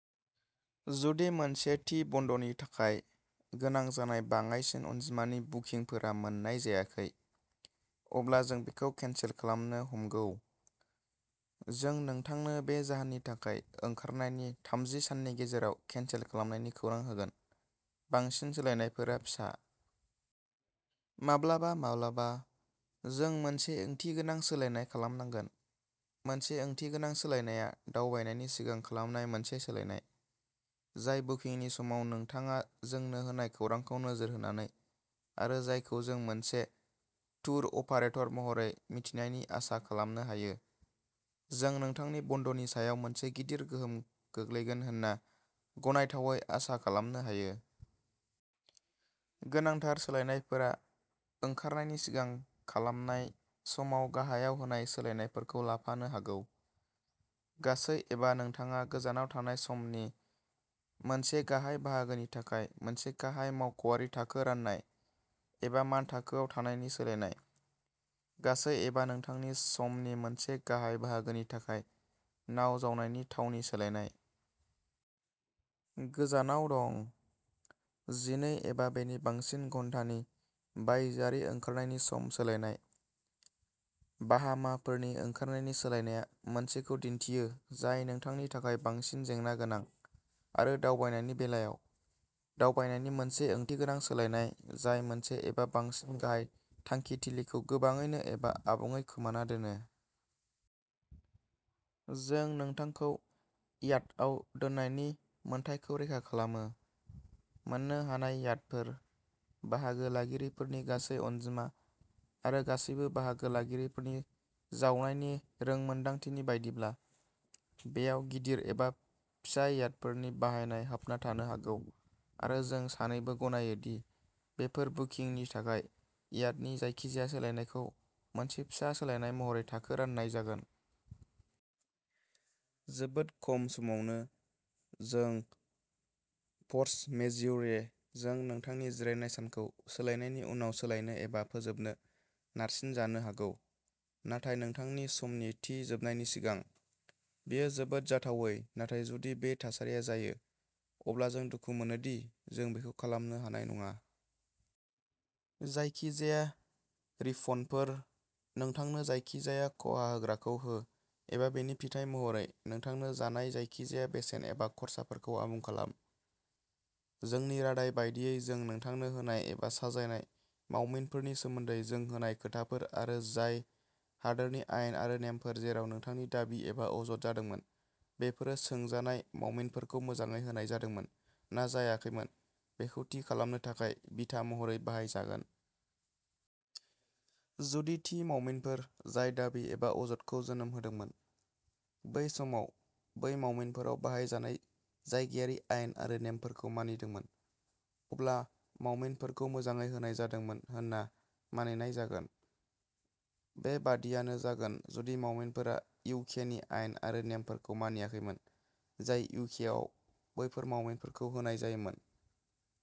जुदि मोनसे थि बन्दनि थाखाय गोनां जानाय बाङाइसिन अनजिमानि बुकिंफोरा मोन्नाय जायाखै, अब्ला जों बेखौ केनसेल खालामनो ह'मगौ। जों नोंथांनो बे जाहोननि थाखाय ओंखारनायनि थामजि साननि गेजेराव केनसेल खालामनायनि खौरां होगोन। बांसिन सोलायनायफोरा फिसा। माब्लाबा-माब्लाबा, जों मोनसे ओंथिगोनां सोलायनाय खालामनांगोन। मोनसे ओंथिगोनां सोलायनायआ दावबायनायनि सिगां खालामनाय मोनसे सोलायनाय, जाय बुकिंनि समाव नोंथाङा जोंनो होनाय खौरांखौ नोजोर होनानै आरो जायखौ जों मोनसे टुर अपारेटर महरै मिथिनायनि आसा खालामनो हायो, जों नोंथांनि बन्दनि सायाव मोनसे गिदिर गोहोम गोग्लैगोन होनना गनायथावै आसा खालामनो हायो। गोनांथार सोलायनायफोरा ओंखारनायनि सिगां खालामनाय समाव गाहायाव होनाय सोलायनायफोरखौ लाफानो हागौ; गासै एबा नोंथाङा गोजानाव थानाय समनि मोनसे गाहाय बाहागोनि थाखाय मोनसे गाहाय मावख'आरि थाखो राननाय एबा मानथाखोआव थानायनि सोलायनाय, गासै एबा नोंथांनि समनि मोनसे गाहाय बाहागोनि थाखाय नाव जावनायनि थावनि सोलायनाय। गोजानाव दं, जिनै एबा बेनि बांसिन घन्टानि बायजोआरि ओंखारनायनि सम सोलायनाय, बाहामाफोरनि ओंखारनायनि सोलायनाया मोनसेखौ दिन्थियो जाय नोंथांनि थाखाय बांसिन जेंना गोनां आरो दावबायनायनि बेलायाव, दावबायनायनि मोनसे ओंथिगोनां सोलायनाय जाय मोनसे एबा बांसिन गाहाय थांखिथिलिखौ गोबाङैनो एबा आबुङै खोमाना दोनो। जों नोंथांखौ याटआव दोननायनि मोन्थाइखौ रैखा खालामो, मोन्नो हानाय याटफोर, बाहागो लागिरिफोरनि गासै अनजिमा आरो गासैबो बाहागो लागिरिफोरनि जावनायनि रोंमोनदांथिनि बायदिब्ला, बेयाव गिदिर एबा फिसा याटफोरनि बाहायनाय हाबना थानो हागौ आरो जों सानैबो गनायो दि बेफोर बुकिंनि थाखाय याटनि जायखिजाया सोलायनायखौ मोनसे फिसा सोलायनाय महरै थाखो राननाय जागोन। जोबोद खम समावनो, जों फर्स मेज्युरे जों नोंथांनि जिरायनाय सानखौ सोलायनायनि उनाव सोलायनो एबा फोजोबनो नारसिनजानो हागौ, नाथाय नोंथांनि समनि थि जोबनायनि सिगां। बेयो जोबोद जाथावै नाथाय जुदि बे थासारिया जायो, अब्ला जों दुखु मोनो दि जों बेखौ खालामनो हानाय नङा। जायखिजाया रिफन्डफोर, नोंथांनो जायखिजाया खहा होग्राखौ हो एबा बेनि फिथाय महरै नोंथांनो जानाय जायखिजाया बेसेन एबा खर्साफोरखौ आबुं खालाम। जोंनि रादाय बायदियै जों नोंथांनो होनाय एबा साजायनाय मावमिनफोरनि सोमोन्दै जों होनाय खोथाफोर आरो जाय हादोरनि आयेन आरो नेमफोर जेराव नोंथांनि दाबि एबा अजद जादोंमोन बेफोरो सोंजानाय मावमिनफोरखौ मोजाङै होनाय जादोंमोन ना जायाखैमोन बेखौ थि खालामनो थाखाय बिथा महरै बाहाय जागोन। जुदि थि मावमिनफोर जाय दाबि एबा अजदखौ जोनोम होदोंमोन, बै समाव बै मावमिनफोराव बाहायजानाय जायगायारि आयेन आरो नेमफोरखौ मानिदोंमोन, अब्ला मावमिनफोरखौ मोजाङै होनाय जादोंमोन होनना मानिनाय जागोन। बे बादियानो जागोन जुदि मावमिनफोरा इउकेनि आयेन आरो नेमफोरखौ मानियाखैमोन जाय इउकेआव बैफोर मावमिनफोरखौ होनाय जायोमोन।